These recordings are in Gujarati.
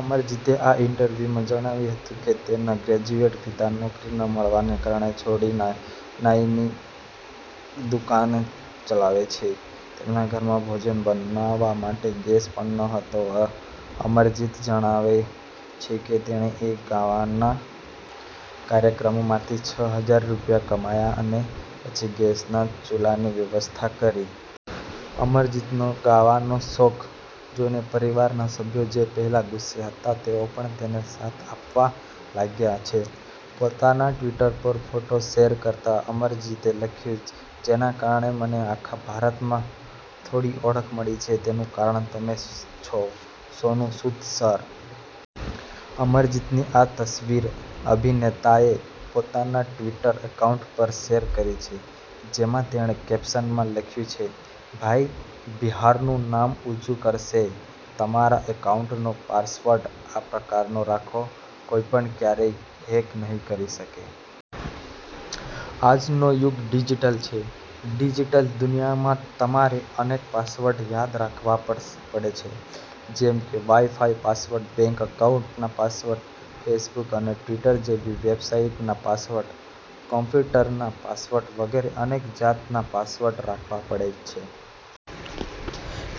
અમરજીતે આ ઈન્ટરવ્યુમાં જણાવ્યું હતું કે તેના ગ્રેજ્યુએટ પિતા નોકરી ન મળવાને કારણે છોટી નાઈની દુકાન ચલાવે છે. તેમના ઘરમાં ભોજન બનાવા માટે ગેસ પણ ન હતો. અમરજીત જણાવે છે કે તેણે એક ગાવાના કાર્યક્રમમાંથી છ હજાર રૂપિયા કમાયા અને પછી ગેસના ચૂલાની વ્યવસ્થા કરી. અમરજીતનો ગાવાનો શોખ જોઈને પરિવારના સભ્યો જે પહેલા ગુસ્સે હતા તેઓ પણ તેને સાથ આપવા લાગ્યા છે. પોતાના ટ્વિટર પર ફોટો શેર કરતા અમરજીતે લખ્યું જેના કારણે મને આખા ભારતમાં થોડી ઓળખ મળી છે, તેનું કારણ તમે છો સોનુ સૂદ સર. અમરજીતની આ તસવીર અભિનેતાએ પોતાના ટ્વિટર એકાઉન્ટ પર શેર કરી છે. જેમાં તેણે કેપ્શનમાં લખ્યું છે- ભાઈ બિહારનું નામ ઉંચું કરશે. તમારા એકાઉન્ટનો પાસવર્ડ આ પ્રકારનો રાખો- કોઇપણ ક્યારેય હેક નહી કરી શકે. આજ નો યુગ ડિજીટલ છે. ડિજીટલ દુનીયા માં તમારે અનેક પાસવર્ડ યાદ રાખવા પડે છે. જેમ કે વાઈ-ફાઈ પાસવર્ડ, બેંક એકાઉન્ટ ના પાસવર્ડ, ફેસબુક અને ટ્વીટર જેવી વેબસાઈટ ના પાસવર્ડ, કોમ્પ્યુટર ના પાસવર્ડ વગેરે અનેક જાત ના પાસવર્ડ રાખવા પડે છે.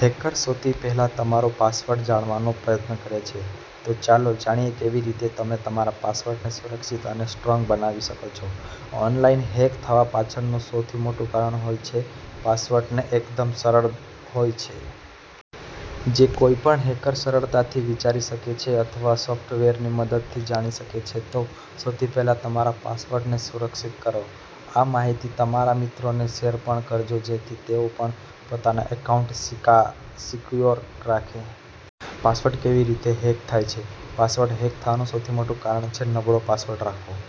હેકર સૌથી પહેલા તમારો પાસવર્ડ જાણવાનો પ્રયત્ન કરે છે. તો ચાલો જાણીએ કેવી રીતે તમે તમારા પાસવર્ડ ને સુરક્ષીત અને સ્ટ્રોંગ બનાવી શકો છો. ઓનલાઈન હેક થવા પાછળ નું સૌથી મોટું કારણ હોય છે પાસવર્ડ ને એકદમ સરળ હોય છે. જે કોઈ પણ હેકર સરળતાથી વિચારી શકે છે અથવા સોફ્ટવેર ની મદદ થી જાણી શકે છે. તો સૌથી પેહલા તમારા પાસવર્ડ ને સુરક્ષીત કરો. આ માહિતી તમારા મિત્રોને શેર પણ કરજો જેથી તેઓ પણ પોતાના એકાઉન્ટ સિકયોર રાખે. પાસવર્ડ કેવી રીતે હેક થાય છે? પાસવર્ડ હેક થવાનું સૌથી મોટું કારણ છે નબળો પાસવર્ડ રાખવો.